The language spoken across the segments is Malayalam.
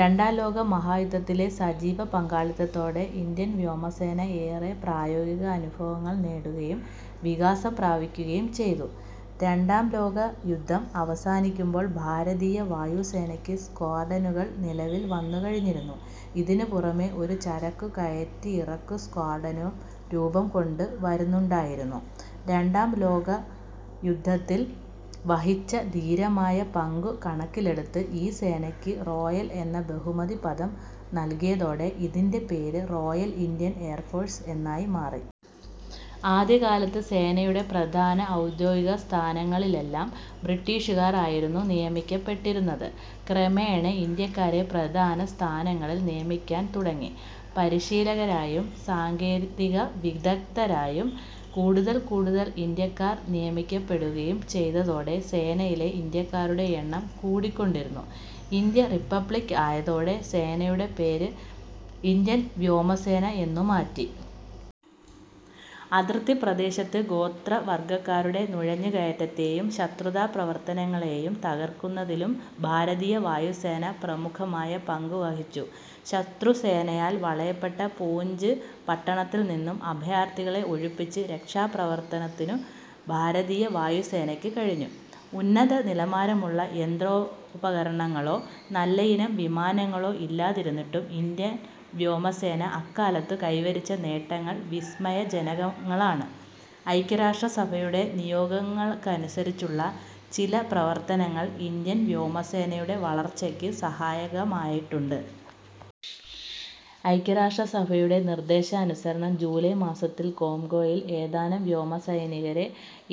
രണ്ടാംലോക മഹായുദ്ധത്തിലെ സജീവ പങ്കാളിത്തത്തോടെ ഇന്ത്യൻ വ്യോമസേന ഏറെ പ്രായോഗികാനുഭവങ്ങൾ നേടുകയും വികാസം പ്രാപിക്കുകയും ചെയ്തു. രണ്ടാം ലോകയുദ്ധം അവസാനിക്കുമ്പോൾ ഭാരതീയ വായുസേനക്ക് സ്ക്വാഡ്രനുകൾ നിലവിൽ വന്നുകഴിഞ്ഞിരുന്നു. ഇതിനും പുറമേ ഒരു ചരക്കു കയറ്റിറക്കു സ്ക്വാഡ്രനും രൂപംകൊണ്ടു വരുന്നുണ്ടായിരുന്നു. രണ്ടാം ലോകയുദ്ധത്തിൽ വഹിച്ച ധീരമായ പങ്കു കണക്കിലെടുത്ത് ഈ സേനയ്ക്ക് റോയൽ എന്ന ബഹുമതിപദം നൽകിയതോടെ ഇതിന്റെ പേര് റോയൽ ഇന്ത്യൻ എയർഫോഴ്സ് എന്നായി മാറി. ആദ്യകാലത്ത് സേനയുടെ പ്രധാന ഔദ്യോഗികസ്ഥാനങ്ങളിലെല്ലാം ബ്രിട്ടീഷുകാർ ആയിരുന്നു നിയമിക്കപ്പെട്ടിരുന്നത്. ക്രമേണ ഇന്ത്യാക്കാരെ പ്രധാന സ്ഥാനങ്ങളിൽ നിയമിക്കാൻ തുടങ്ങി. പരിശീലകരായും സാങ്കേതികവിദഗ്ദ്ധരായും കൂടുതൽ കൂടുതൽ ഇന്ത്യാക്കാർ നിയമിക്കപ്പെടുകയും ചെയ്തതോടെ സേനയിലെ ഇന്ത്യാക്കാരുടെ എണ്ണം കൂടിക്കൊണ്ടിരുന്നു. ഇന്ത്യ റിപ്പബ്ലിക്ക് ആയതോടെ സേനയുടെ പേർ ഇന്ത്യൻ വ്യോമസേന എന്നു മാറ്റി. അതിർത്തി പ്രദേശത്ത് ഗോത്രവർഗക്കാരുടെ നുഴഞ്ഞുകയറ്റത്തെയും ശത്രുതാപ്രവർത്തനങ്ങളെയും തകർക്കുന്നതിലും ഭാരതീയ വായുസേന പ്രമുഖമായ പങ്കു വഹിച്ചു. ശത്രുസേനയാൽ വളയപ്പെട്ട പൂഞ്ച് പട്ടണത്തിൽനിന്നും അഭയാർഥികളെ ഒഴിപ്പിച്ച് രക്ഷപ്പെടുത്താനും ഭാരതീയ വായുസേനയ്ക്ക് കഴിഞ്ഞു. ഉന്നതനിലവാരമുള്ള യന്ത്രോപകരണങ്ങളോ, നല്ലയിനം വിമാനങ്ങളോ ഇല്ലാതിരുന്നിട്ടും ഇന്ത്യൻ വ്യോമസേന അക്കാലത്തു കൈവരിച്ച നേട്ടങ്ങൾ വിസ്മയജനകങ്ങളാണ്. ഐക്യരാഷ്ട്രസഭയുടെ നിയോഗങ്ങളനുസരിച്ചുള്ള ചില പ്രവർത്തനങ്ങൾ ഇന്ത്യൻ വ്യോമസേനയുടെ വളർച്ചയ്ക്ക് സഹായകമായിട്ടുണ്ട്. ഐക്യരാഷ്ട്രസഭയുടെ നിർദ്ദേശാനുസരണം ജൂലായ് മാസത്തിൽ കോംഗോയിലേക്ക് ഏതാനും വ്യോമസൈനികരെ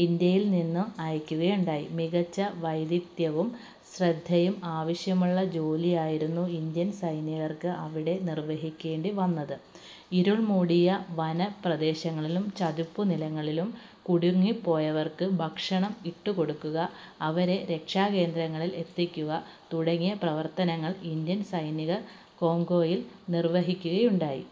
ഇന്ത്യയിൽ നിന്നും അയക്കുകയുണ്ടായി. മികച്ച വൈദഗ്ദ്ധ്യവും ശ്രദ്ധയും ആവശ്യമുള്ള ജോലികളായിരുന്നു ഇന്ത്യൻ സൈനികർക്ക് അവിടെ നിർവഹിക്കേണ്ടി വന്നത്. ഇരുൾമൂടിയ വനപ്രദേശങ്ങളിലും ചതുപ്പുനിലങ്ങളിലും കുടുങ്ങിപ്പോയവർക്ക് ഭക്ഷണം ഇട്ടുകൊടുക്കുക, അവരെ രക്ഷാകേന്ദ്രങ്ങളിൽ എത്തിക്കുക. തുടങ്ങിയ പ്രവർത്തനങ്ങൾ ഇന്ത്യൻ സൈനികർ കോംഗോയിൽ നിർവഹിക്കുകയുണ്ടായി.